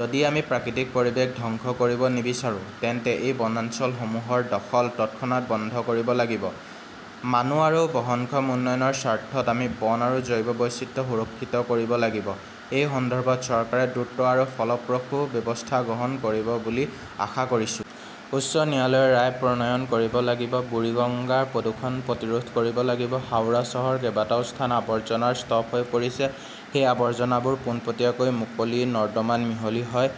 যদি আমি প্ৰাকৃতিক পৰিৱেশ ধ্বংস কৰিব নিবিচাৰো, তেন্তে এই বনাঞ্চলসমূহৰ দখল তৎক্ষণাত বন্ধ কৰিব লাগিব। মানুহ আৰু বহনক্ষম উন্নয়নৰ স্বাৰ্থত আমি বন আৰু জৈৱ বৈচিত্ৰ্য সুৰক্ষিত কৰিব লাগিব। এই সন্দৰ্ভত চৰকাৰে দ্ৰুত আৰু ফলপ্ৰসূ ব্যৱস্থা গ্ৰহণ কৰিব বুলি আশা কৰিছোঁ। উচ্চ ন্যায়ালয়ৰ ৰায় প্ৰণয়ন কৰিব লাগিব বুৰিগঙ্গাৰ প্ৰদূষণ প্ৰতিৰোধ কৰিব লাগিব হাওৰা চহৰৰ কেইবাটাও স্থান আবৰ্জনাৰ স্তূপ হৈ পৰিছে। সেই আৱৰ্জনাবোৰ পোনপটীয়াকৈ মুকলি নৰ্দমাত মিহলি হয়।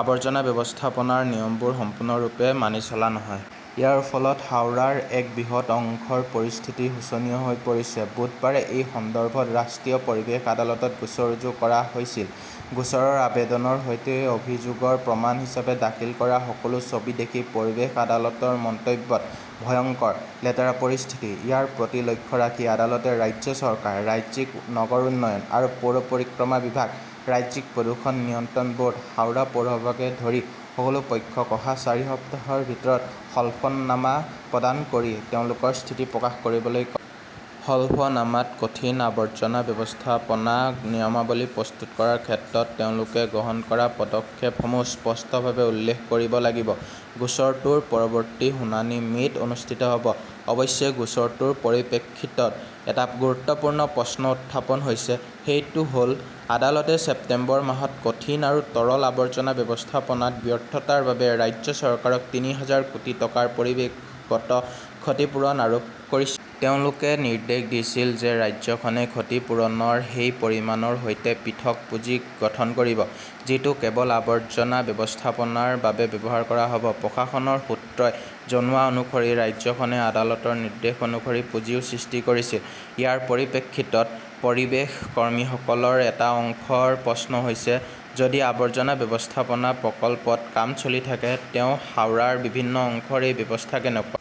আৱৰ্জনা ব্যৱস্থাপনাৰ নিয়মবোৰ সম্পূৰ্ণৰূপে মানি চলা নহয়। ইয়াৰ ফলত হাওৰাৰ এক বৃহৎ অংশৰ পৰিস্থিতি শোচনীয় হৈ পৰিছে। বুধবাৰে এই সন্দৰ্ভত ৰাষ্ট্ৰীয় পৰিৱেশ আদালতত গোচৰ ৰুজু কৰা হৈছিল। গোচৰৰ আবেদনৰ সৈতে অভিযোগৰ প্ৰমাণ হিচাপে দাখিল কৰা সকলো ছবি দেখি পৰিৱেশ আদালতৰ মন্তব্যত ভয়ংকৰ, লেতেৰা পৰিস্থিতি, ইয়াৰ প্ৰতি লক্ষ্য ৰাখি আদালতে ৰাজ্য চৰকাৰ, ৰাজ্যিক নগৰ উন্নয়ন আৰু পৌৰ পৰিক্ৰমা বিভাগ, ৰাজ্যিক প্ৰদূষণ নিয়ন্ত্ৰণ ব'ৰ্ড, হাওৰা পৌৰসভাকে ধৰি সকলো পক্ষক অহা চাৰি সপ্তাহৰ ভিতৰত হলফনামা প্ৰদান কৰি তেওঁলোকৰ স্থিতি প্ৰকাশ কৰিবলৈ কয়। হলফনামাত কঠিন আৱৰ্জনা ব্যৱস্থাপনা নিয়মাৱলী প্ৰস্তুত কৰাৰ ক্ষেত্ৰত তেওঁলোকে গ্ৰহণ কৰা পদক্ষেপসমূহ স্পষ্টভাৱে উল্লেখ কৰিব লাগিব। গোচৰটোৰ পৰৱৰ্তী শুনানি মে 'ত অনুষ্ঠিত হ'ব। অৱশ্যে, গোচৰটোৰ পৰিপ্ৰেক্ষিতত এটা গুৰুত্বপূৰ্ণ প্ৰশ্ন উত্থাপন হৈছে। সেইটো হ 'ল, আদালতে ছেপ্টেম্বৰ মাহত কঠিন আৰু তৰল আৱৰ্জনা ব্যৱস্থাপনাত ব্যৰ্থতাৰ বাবে ৰাজ্য চৰকাৰক তিনি হাজাৰ কোটি টকাৰ পৰিৱেশগত ক্ষতিপূৰণ আৰোপ কৰিছিল। তেওঁলোকে নিৰ্দেশ দিছিল যে ৰাজ্যখনে ক্ষতিপূৰণৰ সেই পৰিমাণৰ সৈতে পৃথক পুঁজি গঠন কৰিব। যিটো কেৱল আৱৰ্জনা ব্যৱস্থাপনাৰ বাবে ব্যৱহাৰ কৰা হ'ব। প্ৰশাসনৰ সূত্ৰই জনোৱা অনুসৰি ৰাজ্যখনে আদালতৰ নিৰ্দেশ অনুসৰি পুঁজিও সৃষ্টি কৰিছিল। ইয়াৰ পৰিপ্ৰেক্ষিতত, পৰিৱেশ কৰ্মীসকলৰ এটা অংশৰ প্ৰশ্ন হৈছে, যদি আৱৰ্জনা ব্যৱস্থাপনা প্ৰকল্পত কাম চলি থাকে, তেন্তে হাওৰাৰ বিভিন্ন অংশৰ এই অৱস্থা কেনেকুৱা?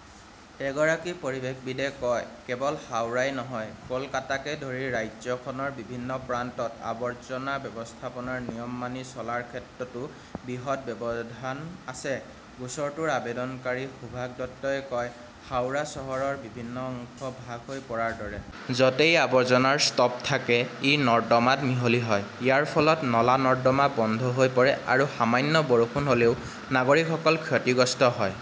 এগৰাকী পৰিৱেশবিদে কয়, "কেৱল হাওৰাই নহয়, কলকাতাকে ধৰি ৰাজ্যখনৰ বিভিন্ন প্ৰান্তত আৱৰ্জনা ব্যৱস্থাপনাৰ নিয়ম মানি চলাৰ ক্ষেত্ৰতো বৃহৎ ব্যৱধান আছে।" গোচৰটোৰ আবেদনকাৰী সুভাষ দত্তই কয়, "হাওৰা চহৰৰ বিভিন্ন অংশ ভাগ হৈ পৰাৰ দৰে। য 'তেই আবৰ্জনাৰ স্তূপ থাকে, ই নৰ্দমাত মিহলি হয়। ইয়াৰ ফলত নলা-নৰ্দমা বন্ধ হৈ পৰে আৰু সামান্য বৰষুণ হ'লেও নাগৰিকসকল ক্ষতিগ্ৰস্ত হয়।"